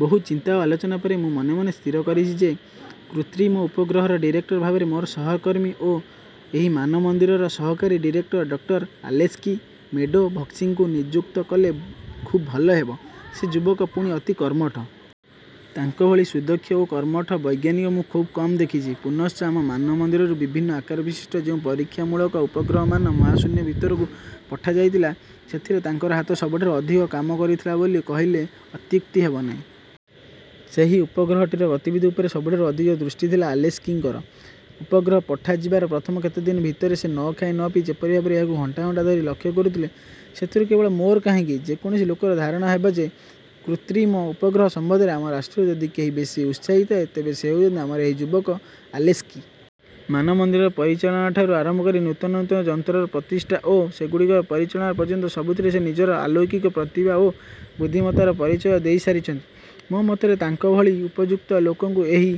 ବହୁ ଚିନ୍ତା ଓ ଆଲୋଚନା ପରେ ମୁଁ ମନେ ମନେ ସ୍ଥିର କରିଛି ଯେ, କୃତ୍ରିମ ଉପଗ୍ରହର ଡିରେକ୍ଟର ଭାବରେ ମୋର ସହକର୍ମୀ ଓ ଏହି ମାନମନ୍ଦିରର ସହକାରୀ ଡିରେକ୍ଟର ଡକ୍ଟର ଆଲେସ୍କି ମେଡ଼ୋଭସ୍କିଙ୍କୁ ନିଯୁକ୍ତ କଲେ ଖୁବ୍ ଭଲ ହେବ। ସେ ଯୁବକ, ପୁଣି ଅତି କର୍ମଠ। ତାଙ୍କ ଭଳି ସୁଦକ୍ଷ ଓ କର୍ମଠ ବୈଜ୍ଞାନିକ ମୁଁ ଖୁବ୍ କମ୍ ଦେଖିଛି। ପୁନଶ୍ଚ ଆମ ମାନମନ୍ଦିରରୁ ବିଭିନ୍ନ ଆକାରବିଶିଷ୍ଟ ଯେଉଁ ପରୀକ୍ଷାମୂଳକ ଉପଗ୍ରହମାନ ମହାଶୂନ୍ୟ ଭିତରକୁ ପଠାଯାଇଥିଲା, ସେଥିରେ ତାଙ୍କର ହାତ ସବୁଠାରୁ ଅଧିକ କାମ କରିଥିଲା ବୋଲି କହିଲେ ଅତ୍ୟୁକ୍ତି ହେବ ନାହିଁ। ସେହି ଉପଗ୍ରହଟିର ଗତିବିଧି ଉପରେ ସବୁଠାରୁ ଅଧିକ ଦୃଷ୍ଟି ଥିଲା ଆଲେସ୍କିଙ୍କର। ଉପଗ୍ରହ ପଠାଯିବାର ପ୍ରଥମ କେତେଦିନ ଭିତରେ ସେ ନଖାଇ ନପିଇ ଯେପରି ଭାବରେ ଏହାକୁ ଘଣ୍ଟା ଘଣ୍ଟା ଧରି ଲକ୍ଷ୍ୟ କରୁଥିଲେ, ସେଥିରୁ କେବଳ ମୋର କାହିଁକି ଯେକୌଣସି ଲୋକର ଧାରଣା ହେବ ଯେ, କୃତ୍ରିମ ଉପଗ୍ରହ ସମ୍ୱନ୍ଧରେ ଆମ ରାଷ୍ଟ୍ରରେ ଯଦି କେହି ବେଶି ଉତ୍ସାହୀ ଥାଏ, ତେବେ ସେ ହେଉଛନ୍ତି ଆମର ଏହି ଯୁବକ ଆଲେସ୍କି। ମାନମନ୍ଦିରର ପରିଚାଳନାଠାରୁ ଆରମ୍ଭ କରି ନୂତନ ନୂତନ ଯନ୍ତ୍ରର ପ୍ରତିଷ୍ଠା ଓ ସେଗୁଡ଼ିକର ପରିଚାଳନା ପର୍ଯ୍ୟନ୍ତ ସବୁଥିରେ ସେ ନିଜର ଆଲୌକିକ ପ୍ରତିଭା ଓ ବୁଦ୍ଧିମତ୍ତାର ପରିଚୟ ଦେଇସାରିଛନ୍ତି। ମୋ ମତରେ ତାଙ୍କ ଭଳି ଉପଯୁକ୍ତ ଲୋକଙ୍କୁ ଏହି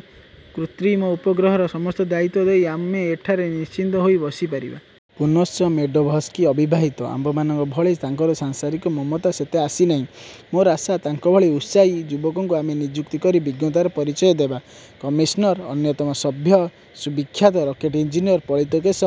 କୃତ୍ରିମ ଉପଗ୍ରହର ସମସ୍ତ ଦାୟିତ୍ୱ ଦେଇ ଆମେ ଏଠାରେ ନିଶ୍ଚିନ୍ତହୋଇ ବସିପାରିବା। ପୁନଶ୍ଚ ମେଡ଼ୋଭସ୍କି ଅବିବାହିତ। ଆମ୍ଭମାନଙ୍କ ଭଳି ତାଙ୍କର ସାଂସାରିକ ମମତା ସେତେ ଆସିନାହିଁ। ମୋର ଆଶା, ତାଙ୍କଭଳି ଉତ୍ସାହୀ। ଯୁବକଙ୍କୁ ଆମେ ନିଯୁକ୍ତ କରି ବିଜ୍ଞତାର ପରିଚୟ ଦେବା। '' କମିଶନ୍ର ଅନ୍ୟତମ ସଭ୍ୟ ସୁବିଖ୍ୟାତ ରକେଟ୍ ଇଞ୍ଜିନିୟର ପଳିତକେଶ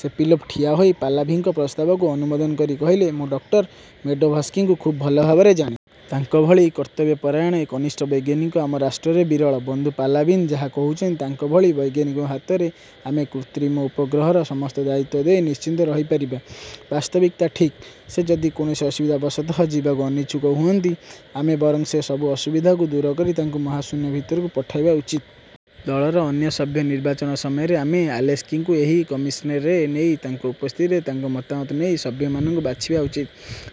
ସେପିଲୋଭ୍ ଠିଆହୋଇ ପାଲାଭିନ୍ଙ୍କ ପ୍ରସ୍ତାବକୁ ଅନୁମୋଦନ କରି କହିଲେ, ''ମୁଁ ଡକ୍ଟର ମେଡ଼ୋଭସ୍କିଙ୍କୁ ଖୁବ୍ ଭଲଭାବରେ ଜାଣେ। ତାଙ୍କଭଳି କର୍ତ୍ତବ୍ୟପରାୟଣ, ଏ କନିଷ୍ଠ ବୈଜ୍ଞାନିକ ଆମ ରାଷ୍ଟ୍ରରେ ବିରଳ। ବନ୍ଧୁ ପାଲାଭିନ୍ ଯାହା କହୁଛନ୍ତି ତାଙ୍କ ଭଳି ବୈଜ୍ଞାନିକଙ୍କ ହାତରେ ଆମେ କୃତ୍ରିମ ଉପଗ୍ରହର ସମସ୍ତ ଦାୟିତ୍ୱ ଦେଇ ନିଶ୍ଚିନ୍ତ ରହିପାରିବା; ବାସ୍ତବିକ ତା ଠିକ୍। ସେ ଯଦି କୌଣସି ଅସୁବିଧାବଶତଃ ଯିବାକୁ ଅନିଚ୍ଛୁକ ହୁଅନ୍ତି, ଆମେ ବରଂ ସେ ସବୁ ଅସୁବିଧାକୁ ଦୂରକରି ତାଙ୍କୁ ମହାଶୂନ୍ୟ ଭିତରକୁ ପଠାଇବା ଉଚିତ। ଦଳର ଅନ୍ୟ ସଭ୍ୟ ନିର୍ବାଚନ ସମୟରେ ଆମେ ଆଲେସ୍କିଙ୍କୁ ଏହି କମିଶନ୍ରେ ନେଇ ତାଙ୍କ ଉପସ୍ଥିତିରେ ତାଙ୍କ ମତାମତ ନେଇ ସଭ୍ୟମାନଙ୍କୁ ବାଛିବା ଉଚିତ।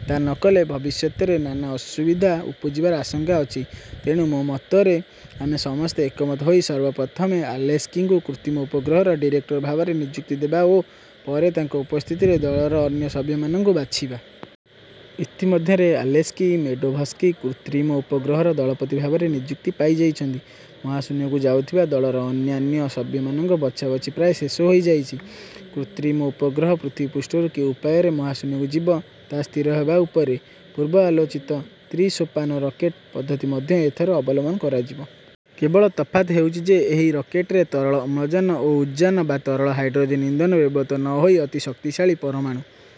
ତା ନକଲେ ଭବିଷ୍ୟତରେ ନାନା ଅସୁବିଧା ଉପୁଜିବାର ଆଶଙ୍କା ଅଛି। ତେଣୁ ମୋ ମତରେ, ଆମେ ସମସ୍ତେ ଏକମତ ହୋଇ ସର୍ବପ୍ରଥମେ ଆଲେସ୍କିଙ୍କୁ କୃତ୍ରିମ ଉପଗ୍ରହର ଡିରେକ୍ଟର ଭାବରେ ନିଯୁକ୍ତି ଦେବା ଓ ପରେ ତାଙ୍କ ଉପସ୍ଥିତିରେ ଦଳର ଅନ୍ୟ ସଭ୍ୟମାନଙ୍କୁ ବାଛିବା। ଇତିମଧ୍ୟରେ ଆଲେସ୍କି ମେଡ଼ୋଭସ୍କି କୃତ୍ରିମ ଉପଗ୍ରହର ଦଳପତି ଭାବରେ ନିଯୁକ୍ତି ପାଇଯାଇଛନ୍ତି। ମହାଶୂନ୍ୟକୁ ଯାଉଥିବା ଦଳର ଅନ୍ୟାନ୍ୟ ସଭ୍ୟମାନଙ୍କ ବଛାବଛି ପ୍ରାୟ ଶେଷ ହୋଇଯାଇଛି। କୃତ୍ରିମ ଉପଗ୍ରହ ପୃଥିବୀପୃଷ୍ଠରୁ କି ଉପାୟରେ ମହାଶୂନ୍ୟକୁ ଯିବ, ତାହା ସ୍ଥିର ହେବା ଉପରେ। ପୂର୍ବ ଆଲୋଚିତ ତ୍ରି-ସୋପାନ ରକେଟ୍ ପଦ୍ଧତି ମଧ୍ୟ ଏଥର ଅବଲମ୍ୱନ କରାଯିବ। କେବଳ ତଫାତ୍ ହେଉଛି ଯେ, ଏହି ରକେଟ୍ରେ ତରଳ ଅମ୍ଳଜାନ ଓ ଉଦ୍ଜାନ ବା ତରଳ ହାଇଡ଼୍ରୋଜେନ୍ ଇନ୍ଧନ ବ୍ୟବହୃତ ନ ହୋଇ ଅତି ଶକ୍ତିଶାଳୀ ପରମାଣୁ